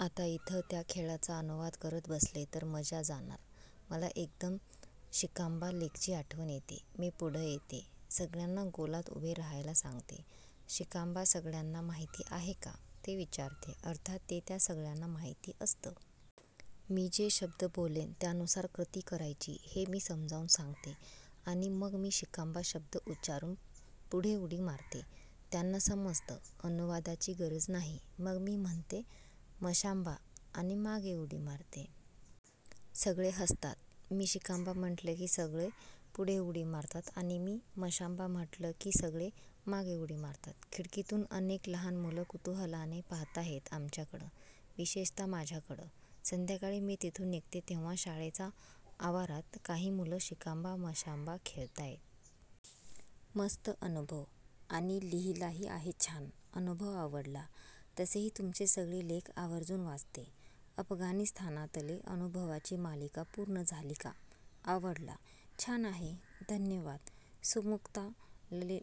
आता इथं त्या खेळाचा अनुवाद करत बसले तर मजा जाणार. मला एकदम शिकाम्बा लेकची आठवण येते. मी पुढं येते. सगळ्यांना गोलात उभे राहायला सांगते. शिकाम्बा सगळ्यांना माहिती आहे का, ते विचारते, अर्थात ते त्या सगळ्यांना माहिती असतं. मी जे शब्द बोलेन त्यानुसार कृती करायची हे मी समजावून सांगते आणि मग मी शिकाम्बा शब्द उच्चारून पुढे उडी मारते. त्यांना समजतं, अनुवादाची गरज नाही. मग मी म्हणते मशाम्बा आणि मागे उडी मारते. सगळे हसतात. मी शिकाम्बा म्हटलं की सगळे पुढे उडी मारतात आणि मी मशाम्बा म्हटलं की सगळे मागे उडी मारतात. खिडकीतून अनेक लहान मुलं कुतूहलाने पाहताहेत आमच्याकडं, विशेषत: माझ्याकडं. संध्याकाळी मी तिथून निघते तेव्हा शाळेचा आवारात काही मुलं शिकाम्बा मशाम्बा खेळताहेत. मस्त अनुभव. आणि लिहिलाही आहे छान. अनुभव आवडला. तसेही तुमचे सगळे लेख आवर्जून वाचते. अफगाणिस्तानातले अनुभवाची मालिका पूर्ण झाली का? आवडला. छान आहे. धन्यवाद सुमुक्ता,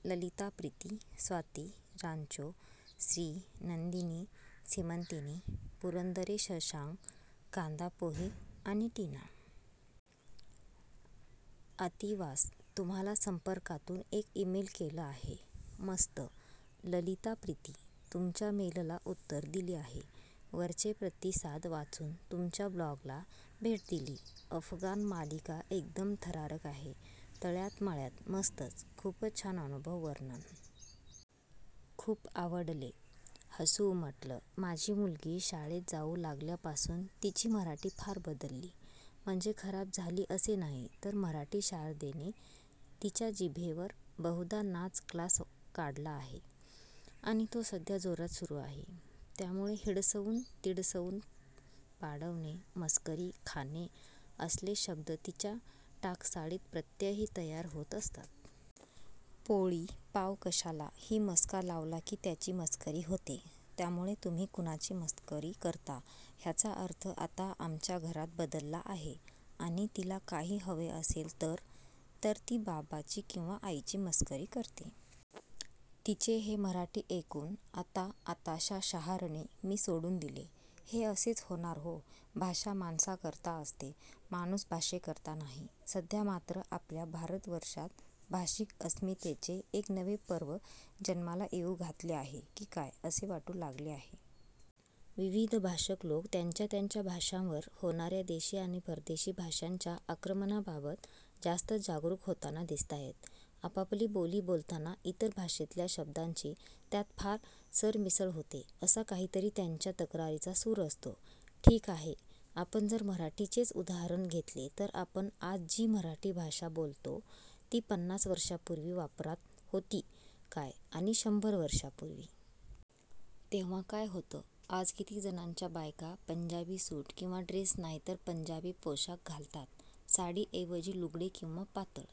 ललिता प्रीति, स्वाती, रांचो, श्री, नंदिनी, सीमंतिनी, पुरंदरे शशांक, कांदापोहे आणि टीना. आतिवास, तुम्हाला संपर्कातून एक ईमेल केलं आहे. मस्त. ललिता प्रीति, तुमच्या मेलला उत्तर दिले आहे. वरचे प्रतिसाद वाचून तुमच्या ब्लॉगला भेट दिली. अफगाण मालिका एकदम थरारक आहे. तळ्यात मळ्यात मस्तच, खूपच छान अनुभव वर्णन. खूप आवडले. हसू उमटलं. माझी मुलगी शाळेत जाऊ लागल्या पासून तिची मराठी फार बदलली. म्हणजे खराब झाली असे नाही तर मराठी शारदेने तिच्या जिभेवर बहुधा नाच क्लास काढला आहे आणि तो सध्या जोरात सुरू आहे, त्यामुळे हिडसवून तिडसवून, पाडवणे, मस्करी खाणे असले शब्द तिच्या टाकसाळीत प्रत्यही तयार होत असतात. पोळी पाव कशाला ही मस्का लावला की त्याची मस्करी होते, त्यामुळे तुम्ही कुणाची मस्करी करता ह्याचा अर्थ आता आमच्या घरात बदलला आहे आणि तिला काही हवे असेल तर तर ती बाबाची किंवा आईची मस्करी करते. तिचे हे मराठी ऐकून आता आताशा शहारणे मी सोडून दिलेय. हे असेच होणार हो. भाषा माणसाकरता असते, माणूस भाषेकरता नाही. सध्या मात्र आपल्या भारतवर्षात भाषिक अस्मितेचे एक नवे पर्व जन्माला येऊ घातले आहे की काय असे वाटू लागले आहे. विविध भाषक लोक त्यांच्या त्यांच्या भाषांवर होणाऱ्या देशी आणि परदेशी भाषांच्या आक्रमणाबाबत जास्तच जागरूक होताना दिसताहेत. आपापली बोली बोलताना इतर भाषेतल्या शब्दांची त्यात फार सरमिसळ होते असा काहीतरी त्यांच्या तक्रारीचा सूर असतो. ठीक आहे, आपण जर मराठीचेच उदाहरण घेतले तर आपण आज जी मराठी भाषा बोलतो ती पन्नास वर्षांपूर्वी वापरात होती काय आणि शंभर वर्षांपूर्वी? तेव्हा काय होतं? आज किती जणांच्या बायका पंजाबी सूट किंवा ड्रेस नाही तर पंजाबी पोशाख घालतात. साडी ऐवजी लुगडे किंवा पातळ